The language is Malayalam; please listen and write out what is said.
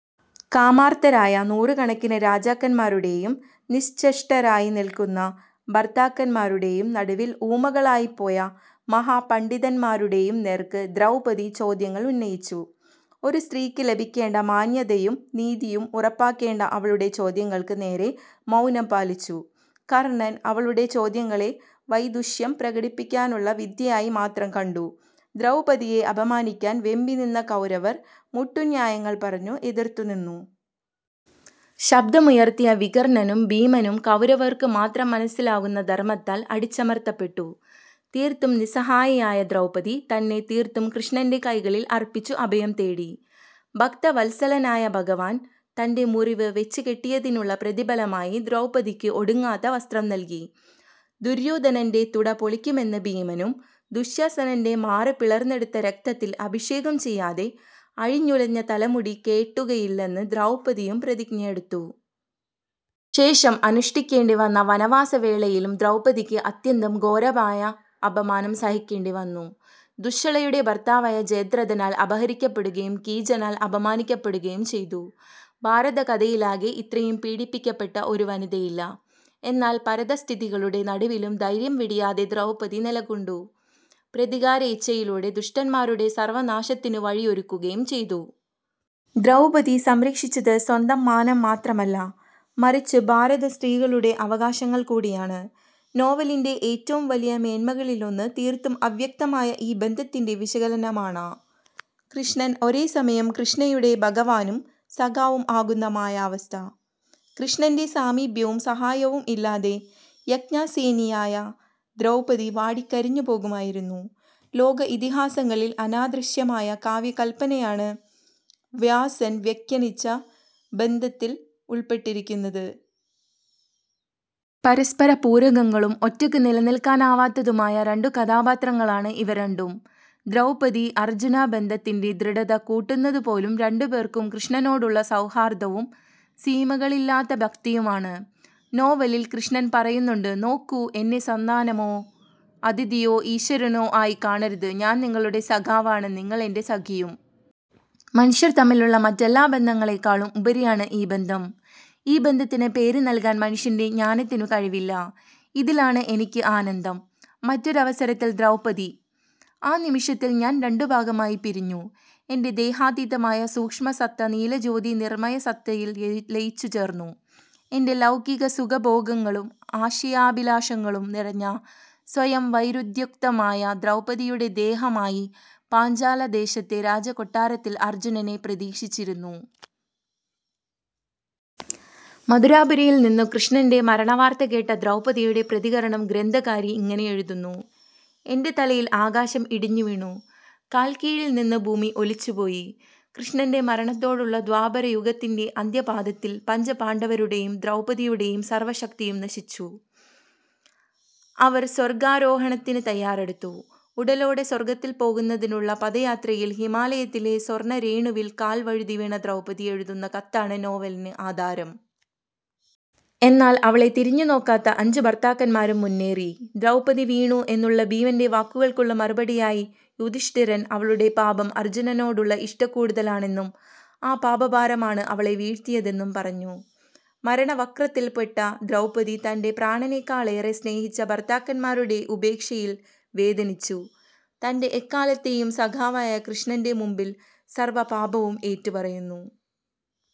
കാമാർത്തരായ നൂറുകണക്കിന് രാജാക്കന്മാരുടെയും, നിശ്ചെഷ്ടരായി നിൽകുന്ന ഭർത്താക്കന്മാരുടേയും നടുവിൽ ഊമകളായിപ്പോയ മഹാപണഡിതന്മാരുടെയും നേർക്ക് ദ്രൗപദി ചോദ്യങ്ങൾ ഉന്നയിച്ചു. ഒരു സ്ത്രീക്ക് ലഭിക്കേണ്ട മാന്യതയും നീതിയും ഉറപ്പാക്കേണ്ട അവളുടെ ചോദ്യങ്ങൾക്ക് നേരെ മൌനം പാലിച്ചു. കർണൻ അവളുടെ ചോദ്യങ്ങളെ വൈദുഷ്യം പ്രകടിപ്പിക്കാനുള്ള വിദ്യയായി മാത്രം കണ്ടു. ദ്രൗപദിയെ അപമാനിക്കാൻ വെമ്പിനിന്ന കൗരവർ മുട്ടുന്യായങ്ങൾ പറഞ്ഞു എതിർത്ത് നിന്നു. ശബ്ദമുയർത്തിയ വികർണനും ഭീമനും കൗരവർക്കു മാത്രം മനസ്സിലാകുന്ന ധർമ്മത്താൽ അടിച്ചമർത്തപ്പെട്ടു തീർത്തും നിസ്സഹായയായ ദ്രൗപദി തന്നെ തീർത്തും കൃഷ്ണൻറെ കൈകളിൽ അർപ്പിച്ചു അഭയം തേടി. ഭക്തവത്സലനായ ഭഗവാൻ തൻറെ മുറിവ് വെച്ചു കെട്ടിയതിനുള്ള പ്രതിഭലമായി ദ്രൗപദിക്ക് ഒടുങ്ങാത്ത വസ്ത്രം നൽകി. ദുര്യോധനൻറെ തുട പൊളിക്കുമെന്ന് ഭീമനും ദുശ്ശസനൻറെ മാറ് പിളർന്നെടുത്ത രക്തത്തിൽ അഭിഷേകം ചെയ്യാതെ അഴിഞ്ഞുലഞ്ഞ തലമുടി കേട്ടുകയില്ലെന്നു ദ്രൗപദിയും പ്രതിജ്ഞയെടുത്തു. ശേഷം അനുഷ്ടിക്കെണ്ടിവന്ന വനവാസ വേളയിലും ദ്രൗപദിക്ക് അത്യന്തം ഘോരമായ അപമാനം സഹിക്കേണ്ടിവന്നു. ദുശ്ശളയുടെ ഭർത്താവായ ജയദ്രഥനാൽ അപഹരിക്കപ്പെടുകയും കീചകനാൽ അപമാനിക്കപ്പെടുകയും ചെയ്തു. ഭാരതകഥയിലാകെ ഇത്രയും പീഡിപ്പിക്കപ്പെട്ട ഒരു വനിതയില്ല. എന്നാൽ പരിതഃസ്ഥിതികളുടെ നടുവിലും ധൈര്യം വെടിയാതെ ദ്രൗപദി നിലകൊണ്ടു. പ്രതികാരേച്ഛയിലൂടെ ദുഷ്ടന്മാരുടെ സർവനാശത്തിനു വഴിയൊരുക്കുകയും ചെയ്തു. ദ്രൗപദി സംരക്ഷിച്ചത് സ്വന്തം മാനം മാത്രമല്ല, മറിച്ചു ഭാരതസ്ത്രീകളുടെ അവകാശങ്ങൾ കൂടിയാണ്. നോവലിൻറെ ഏറ്റവും വലിയ മേന്മകളിലൊന്ന് തീർത്തും അവ്യക്തമായ ഈ ബന്ധത്തിൻറെ വിശകലനമാണ. കൃഷ്ണൻ ഒരേ സമയം കൃഷ്ണയുടെ ഭഗവാനും സഖാവും ആകുന്ന മായാവസ്ഥ. കൃഷ്ണന്റെ സാമീപ്യവും സഹായവും ഇല്ലാതെ യാജ്ഞാസേനിയായ ദ്രൌപദി വാടിക്കരിഞ്ഞുപോകുമായിരുന്നു. ലോക ഇതിഹാസങ്ങളിൽ അനാദൃശ്യമായ കാവ്യകല്പനയാണ് വ്യാസൻ വ്യഘ്യനിച്ച ബന്ധത്തിൽ ഉൾപ്പെട്ടിരിക്കുന്നത്. പരസ്പര പൂരകങ്ങളും ഒറ്റക്കു നിലനിൽക്കാനാവാത്തതുമായ രണ്ടു കഥാപാത്രങ്ങളാണ് ഇവ രണ്ടും. ദ്രൗപദി -അർജുന ബന്ധത്തിൻറെ ദൃഡത കൂട്ടുന്നതുപോലും രണ്ടുപേർക്കും കൃഷ്ണനോടുള്ള സൌഹാർദ്ധവും സീമകളില്ലാത്ത ഭക്തിയുമാണ്. നോവലിൽ കൃഷ്ണൻ പറയുന്നുണ്ട് "നോക്കൂ, എന്നെ സന്താനമോ, അതിഥിയോ ഈശ്വരനോ ആയി കാണരുത്. ഞാൻ നിങ്ങളുടെ സഖാവാണ്. നിങ്ങൾ എൻറെ സഖിയും. മനുഷ്യർ തമ്മിലുള്ള മറ്റെല്ലാ ബന്ധങ്ങലളെക്കാളും ഉപരിയാണ് ഈ ബന്ധം. ഈ ബന്ധത്തിന് പേര് നല്കാൻ മനുഷ്യൻറെ ജ്ഞാനത്തിനു കഴിവില്ല. ഇതിലാണ് എനിക്ക് ആനന്ദം". മറ്റൊരവസരത്തിൽ ദ്രൗപദി "ആ നിമിഷത്തിൽ ഞാൻ രണ്ടു ഭാഗമായി പിരിഞ്ഞു. എൻറെ ദേഹാതീതമായ സൂക്ഷ്മസത്ത നീലജ്യോതിർമയസത്തയിൽ ലയിച്ചുചേർന്നു. എൻറെ ലൌകിക സുഖഭോഗങ്ങളും ആശയാഭിലാഷങ്ങളും നിറഞ്ഞ സ്വയംവരോദ്യുക്തയായ ദ്രൌപദിയുടെ ദേഹമായി പാഞ്ചാല ദേശത്തെ രാജകൊട്ടാരത്തിൽ അർജുനനെ പ്രതീക്ഷിച്ചിരുന്നു". മഥുരാപുരിയിൽനിന്നു കൃഷ്ണൻറെ മരണവാർത്ത കേട്ട ദ്രൌപദിയുടെ പ്രതികരണം ഗ്രന്ഥകാരി ഇങ്ങനെ എഴുതുന്നു "എൻറെ തലയിൽ ആകാശം ഇടിഞ്ഞുവീണു. കാൽക്കീഴിൽനിന്നു ഭൂമി ഒലിച്ചുപോയി". കൃഷ്ണൻറെ മരണത്തോടുള്ള ദ്വാപരയുഗത്തിൻറെ അന്ത്യപാദത്തിൽ പഞ്ചപാണ്ഡവരുടെയും ദ്രൗപദി യുടെയും സർവശക്തിയും നശിച്ചു. അവർ സ്വർഗാരോഹണത്തിനു തയ്യാറെടുത്തു. ഉടലോടെ സ്വർഗത്തിൽ പോകുന്നതിനുള്ള പദയാത്രയിൽ ഹിമാലയത്തിലെ സ്വർണ്ണരേണുവിൽ കാൽ വഴുതിവീണ ദ്രൗപദി എഴുതുന്ന കത്താണ് നോവലിന് ആധാരം. എന്നാൽ അവളെ തിരിഞ്ഞുനോക്കാതെ അഞ്ചു ഭർത്താക്കന്മാരും മുന്നേറി. ദ്രൗപദി വീണു എന്നുള്ള ഭീമൻറെ വാക്കുകൾക്കുള്ള മറുപടിയായി യുധിഷ്ടിരൻ അവളുടെ പാപം അർജുനനോടുള്ള ഇഷ്ടക്കൂടുതലാണെന്നും ആ പാപഭാരമാണ് അവളെ വീഴ്ത്തിയതെന്നും പറഞ്ഞു. മരണവക്ത്രത്തിൽ പെട്ട ദ്രൗപദി തൻറെ പ്രാണനെക്കാളെറെ സ്നേഹിച്ച ഭർത്താക്കന്മാരുടെ ഉപേക്ഷയിൽ വേദനിച്ചു തൻറെ എക്കാലത്തെയും സഖാവായ കൃഷ്ണൻറെ മുൻപിൽ സർവ പാപവും ഏറ്റു പറയുന്നു.